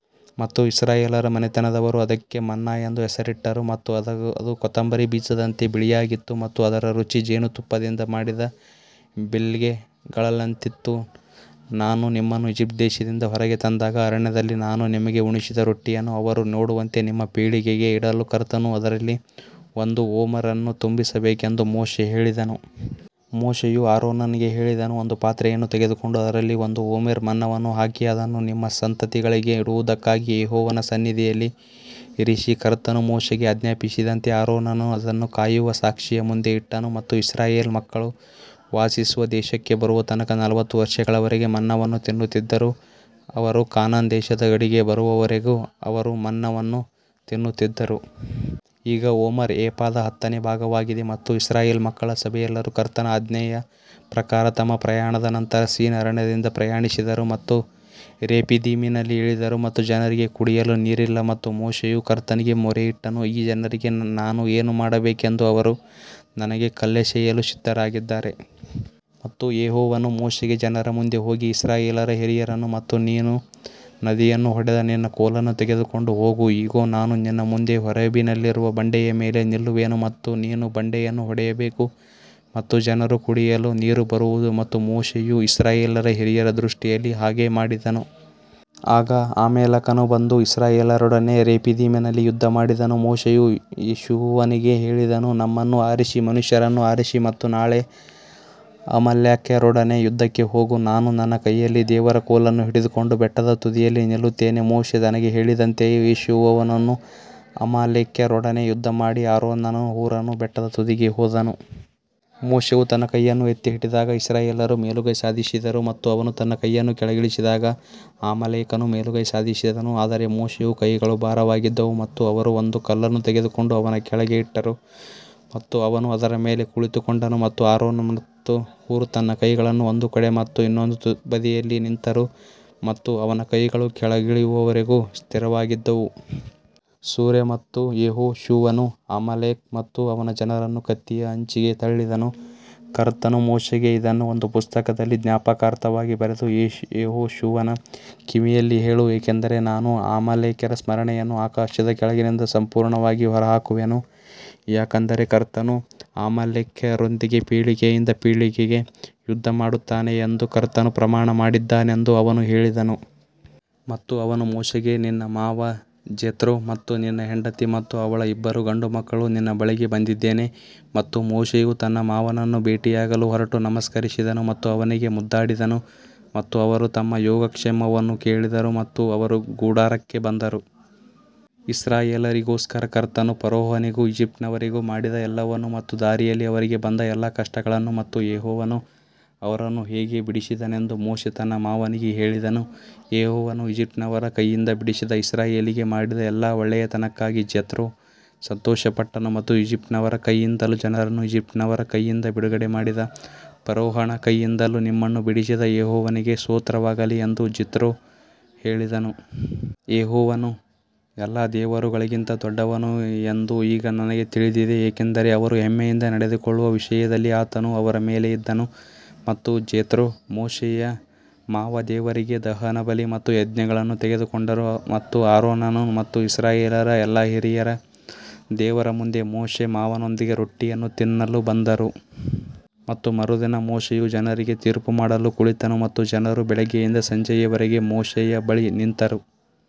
ಮತ್ತು ಇಸ್ರಾಯೇಲ್ಯರ ಮನೆತನದವರು ಅದಕ್ಕೆ ಮನ್ನಾ ಎಂದು ಹೆಸರಿಟ್ಟರು ಮತ್ತು ಅದು ಕೊತ್ತಂಬರಿ ಬೀಜದಂತೆ ಬಿಳಿಯಾಗಿತ್ತು ಮತ್ತು ಅದರ ರುಚಿ ಜೇನುತುಪ್ಪದಿಂದ ಮಾಡಿದ ಬಿಲ್ಲೆಗಳಂತಿತ್ತು. ನಾನು ನಿಮ್ಮನ್ನು ಈಜಿಪ್ಟ್ ದೇಶದಿಂದ ಹೊರಗೆ ತಂದಾಗ ಅರಣ್ಯದಲ್ಲಿ ನಾನು ನಿಮಗೆ ಉಣಿಸಿದ ರೊಟ್ಟಿಯನ್ನು ಅವರು ನೋಡುವಂತೆ ನಿಮ್ಮ ಪೀಳಿಗೆಗೆ ಇಡಲು ಕರ್ತನು ಅದರಲ್ಲಿ ಒಂದು ಓಮರ್ ಅನ್ನು ತುಂಬಿಸಬೇಕೆಂದು ಮೋಶೆ ಹೇಳಿದನು. ಮೋಶೆಯು ಆರೋನನಿಗೆ ಹೇಳಿದನು, ಒಂದು ಪಾತ್ರೆಯನ್ನು ತೆಗೆದುಕೊಂಡು ಅದರಲ್ಲಿ ಒಂದು ಓಮೆರ್ ಮನ್ನವನ್ನು ಹಾಕಿ ಅದನ್ನು ನಿಮ್ಮ ಸಂತತಿಗಳಿಗೆ ಇಡುವುದಕ್ಕಾಗಿ ಯೆಹೋವನ ಸನ್ನಿಧಿಯಲ್ಲಿ ಇರಿಸಿ. ಕರ್ತನು ಮೋಶೆಗೆ ಆಜ್ಞಾಪಿಸಿದಂತೆ ಆರೋನನು ಅದನ್ನು ಕಾಯುವ ಸಾಕ್ಷಿಯ ಮುಂದೆ ಇಟ್ಟನು ಮತ್ತು ಇಸ್ರಾಯೇಲ್ ಮಕ್ಕಳು ವಾಸಿಸುವ ದೇಶಕ್ಕೆ ಬರುವ ತನಕ ನಲವತ್ತು ವರ್ಷಗಳವರೆಗೆ ಮನ್ನವನ್ನು ತಿನ್ನುತ್ತಿದ್ದರು ಅವರು ಕಾನಾನ್ ದೇಶದ ಗಡಿಗೆ ಬರುವವರೆಗೂ ಅವರು ಮನ್ನವನ್ನು ತಿನ್ನುತ್ತಿದ್ದರು. ಈಗ ಓಮರ್ ಎಫಾದ ಹತ್ತನೇ ಭಾಗವಾಗಿದೆ ಮತ್ತು ಇಸ್ರಾಯೇಲ್ ಮಕ್ಕಳ ಸಭೆಯೆಲ್ಲರು ಕರ್ತನ ಆಜ್ಞೆಯ ಪ್ರಕಾರ ತಮ್ಮ ಪ್ರಯಾಣದ ನಂತರ ಸಿನ್ ಅರಣ್ಯದಿಂದ ಪ್ರಯಾಣಿಸಿದರು ಮತ್ತು ರೆಫಿದೀಮಿನಲ್ಲಿ ಇಳಿದರು ಮತ್ತು ಜನರಿಗೆ ಕುಡಿಯಲು ನೀರಿಲ್ಲ. ಮತ್ತು ಮೋಶೆಯು ಕರ್ತನಿಗೆ ಮೊರೆಯಿಟ್ಟನು, ಈ ಜನರಿಗೆ ನಾನು ಏನು ಮಾಡಬೇಕೆಂದು ಅವರು ನನಗೆ ಕಲ್ಲೆಸೆಯಲು ಸಿದ್ಧರಾಗಿದ್ದಾರೆ. ಮತ್ತು ಯೆಹೋವನು ಮೋಶೆಗೆ ಜನರ ಮುಂದೆ ಹೋಗಿ ಇಸ್ರಾಯೇಲ್ಯರ ಹಿರಿಯರನ್ನು ಮತ್ತು ನೀನು ನದಿಯನ್ನು ಹೊಡೆದ ನಿನ್ನ ಕೋಲನ್ನು ತೆಗೆದುಕೊಂಡು ಹೋಗು. ಇಗೋ, ನಾನು ನಿನ್ನ ಮುಂದೆ ಹೋರೇಬಿನಲ್ಲಿರುವ ಬಂಡೆಯ ಮೇಲೆ ನಿಲ್ಲುವೆನು ಮತ್ತು ನೀನು ಬಂಡೆಯನ್ನು ಹೊಡೆಯಬೇಕು ಮತ್ತು ಜನರು ಕುಡಿಯಲು ನೀರು ಬರುವುದು ಮತ್ತು ಮೋಶೆಯು ಇಸ್ರಾಯೇಲ್ಯರ ಹಿರಿಯರ ದೃಷ್ಟಿಯಲ್ಲಿ ಹಾಗೆ ಮಾಡಿದನು. ಆಗ ಅಮಾಲೇಕನು ಬಂದು ಇಸ್ರಾಯೇಲ್ಯರೊಡನೆ ರೆಫಿದಿಮಿನಲ್ಲಿ ಯುದ್ಧಮಾಡಿದನು ಮೋಶೆಯು ಯೆಹೋಶುವನಿಗೆ ಹೇಳಿದನು, ನಮ್ಮನ್ನು ಆರಿಸಿ ಮನುಷ್ಯರನ್ನು ಆರಿಸಿ ಮತ್ತು ನಾಳೆ ಅಮಾಲೇಕ್ಯರೊಡನೆ ಯುದ್ಧಕ್ಕೆ ಹೋಗು, ನಾನು ನನ್ನ ಕೈಯಲ್ಲಿ ದೇವರ ಕೋಲನ್ನು ಹಿಡಿದುಕೊಂಡು ಬೆಟ್ಟದ ತುದಿಯಲ್ಲಿ ನಿಲ್ಲುತ್ತೇನೆ. ಮೋಶೆ ತನಗೆ ಹೇಳಿದಂತೆಯೇ ಯೆಹೋಶುವನು ಅಮಾಲೇಕ್ಯರೊಡನೆ ಯುದ್ಧಮಾಡಿ ಆರೋನನೂ ಹೂರನೂ ಬೆಟ್ಟದ ತುದಿಗೆ ಹೋದನು. ಮೋಶೆಯು ತನ್ನ ಕೈಯನ್ನು ಎತ್ತಿ ಹಿಡಿದಾಗ ಇಸ್ರಾಯೇಲ್ಯರು ಮೇಲುಗೈ ಸಾಧಿಸಿದರು ಮತ್ತು ಅವನು ತನ್ನ ಕೈಯನ್ನು ಕೆಳಗಿಳಿಸಿದಾಗ ಅಮಾಲೇಕನು ಮೇಲುಗೈ ಸಾಧಿಸಿದನು. ಆದರೆ ಮೋಶೆಯ ಕೈಗಳು ಭಾರವಾಗಿದ್ದವು ಮತ್ತು ಅವರು ಒಂದು ಕಲ್ಲನ್ನು ತೆಗೆದುಕೊಂಡು ಅವನ ಕೆಳಗೆ ಇಟ್ಟರು ಮತ್ತು ಅವನು ಅದರ ಮೇಲೆ ಕುಳಿತುಕೊಂಡನು ಮತ್ತು ಆರೋನ ಮತ್ತು ಹೂರ್ ತನ್ನ ಕೈಗಳನ್ನು ಒಂದು ಕಡೆ ಮತ್ತು ಇನ್ನೊಂದು ಬದಿಯಲ್ಲಿ ನಿಂತರು ಮತ್ತು ಅವನ ಕೈಗಳು ಕೆಳಗಿಳಿಯುವವರೆಗೂ ಸ್ಥಿರವಾಗಿದ್ದವು. ಸೂರ್ಯ ಮತ್ತು ಯೆಹೋಶುವನು ಅಮಾಲೇಕ್ ಮತ್ತು ಅವನ ಜನರನ್ನು ಕತ್ತಿಯ ಅಂಚಿಗೆ ತಳ್ಳಿದನು ಕರ್ತನು ಮೋಶೆಗೆ ಇದನ್ನು ಒಂದು ಪುಸ್ತಕದಲ್ಲಿ ಜ್ಞಾಪಕಾರ್ಥವಾಗಿ ಬರೆದು ಯೆಹೋಶುವನ ಕಿವಿಯಲ್ಲಿ ಹೇಳು, ಏಕೆಂದರೆ ನಾನು ಅಮಾಲೇಕ್ಯರ ಸ್ಮರಣೆಯನ್ನು ಆಕಾಶದ ಕೆಳಗಿನಿಂದ ಸಂಪೂರ್ಣವಾಗಿ ಹೊರಹಾಕುವೆನು. ಯಾಕಂದರೆ ಕರ್ತನು ಅಮಾಲೇಕ್ಯರೊಂದಿಗೆ ಪೀಳಿಗೆಯಿಂದ ಪೀಳಿಗೆಗೆ ಯುದ್ಧ ಮಾಡುತ್ತಾನೆ ಎಂದು ಕರ್ತನು ಪ್ರಮಾಣ ಮಾಡಿದ್ದಾನೆಂದು ಅವನು ಹೇಳಿದನು. ಮತ್ತು ಅವನು ಮೋಶೆಗೆ ನಿನ್ನ ಮಾವ ಜೆತ್ರೋ ಮತ್ತು ನಿನ್ನ ಹೆಂಡತಿ ಮತ್ತು ಅವಳ ಇಬ್ಬರು ಗಂಡುಮಕ್ಕಳು ನಿನ್ನ ಬಳಿಗೆ ಬಂದಿದ್ದೇನೆ. ಮತ್ತು ಮೋಶೆಯು ತನ್ನ ಮಾವನನ್ನು ಭೇಟಿಯಾಗಲು ಹೊರಟು ನಮಸ್ಕರಿಸಿದನು ಮತ್ತು ಅವನಿಗೆ ಮುದ್ದಾಡಿದನು ಮತ್ತು ಅವರು ತಮ್ಮ ಯೋಗಕ್ಷೇಮವನ್ನು ಕೇಳಿದರು ಮತ್ತು ಅವರು ಗುಡಾರಕ್ಕೆ ಬಂದರು. ಇಸ್ರಾಯೇಲ್ಯರಿಗೋಸ್ಕರ ಕರ್ತನು ಫರೋಹನಿಗೂ ಈಜಿಪ್ಟಿನವರಿಗೂ ಮಾಡಿದ ಎಲ್ಲವನ್ನೂ ಮತ್ತು ದಾರಿಯಲ್ಲಿ ಅವರಿಗೆ ಬಂದ ಎಲ್ಲಾ ಕಷ್ಟಗಳನ್ನು ಮತ್ತು ಯೆಹೋವನು ಅವರನ್ನು ಹೇಗೆ ಬಿಡಿಸಿದನೆಂದು ಮೋಶೆ ತನ್ನ ಮಾವನಿಗೆ ಹೇಳಿದನು. ಯೆಹೋವನು ಈಜಿಪ್ಟಿನವರ ಕೈಯಿಂದ ಬಿಡಿಸಿದ ಇಸ್ರಾಯೇಲಿಗೆ ಮಾಡಿದ ಎಲ್ಲಾ ಒಳ್ಳೆಯತನಕ್ಕಾಗಿ ಜೆತ್ರೋ ಸಂತೋಷಪಟ್ಟನು. ಮತ್ತು ಈಜಿಪ್ಟಿನವರ ಕೈಯಿಂದಲೂ ಜನರನ್ನು ಈಜಿಪ್ಟಿನವರ ಕೈಯಿಂದ ಬಿಡುಗಡೆ ಮಾಡಿದ ಫರೋಹನ ಕೈಯಿಂದಲೂ ನಿಮ್ಮನ್ನು ಬಿಡಿಸಿದ ಯೆಹೋವನಿಗೆ ಸ್ತೋತ್ರವಾಗಲಿ ಎಂದು ಜೆತ್ರೋ ಹೇಳಿದನು. ಯೆಹೋವನು ಎಲ್ಲಾ ದೇವರುಗಳಿಗಿಂತ ದೊಡ್ಡವನು ಎಂದು ಈಗ ನನಗೆ ತಿಳಿದಿದೆ ಏಕೆಂದರೆ ಅವರು ಹೆಮ್ಮೆಯಿಂದ ನಡೆದುಕೊಳ್ಳುವ ವಿಷಯದಲ್ಲಿ ಆತನು ಅವರ ಮೇಲೆ ಇದ್ದನು. ಮತ್ತು ಜೆತ್ರೋ ಮೋಶೆಯ ಮಾವ ದೇವರಿಗೆ ದಹನಬಲಿ ಮತ್ತು ಯಜ್ಞಗಳನ್ನು ತೆಗೆದುಕೊಂಡರು ಮತ್ತು ಆರೋನನು ಮತ್ತು ಇಸ್ರಾಯೇಲ್ಯರ ಎಲ್ಲಾ ಹಿರಿಯರು ದೇವರ ಮುಂದೆ ಮೋಶೆ ಮಾವನೊಂದಿಗೆ ರೊಟ್ಟಿಯನ್ನು ತಿನ್ನಲು ಬಂದರು. ಮತ್ತು ಮರುದಿನ ಮೋಶೆಯು ಜನರಿಗೆ ತೀರ್ಪುಮಾಡಲು ಕುಳಿತನು ಮತ್ತು ಜನರು ಬೆಳಿಗ್ಗೆಯಿಂದ ಸಂಜೆಯವರೆಗೆ ಮೋಶೆಯ ಬಳಿ ನಿಂತರು.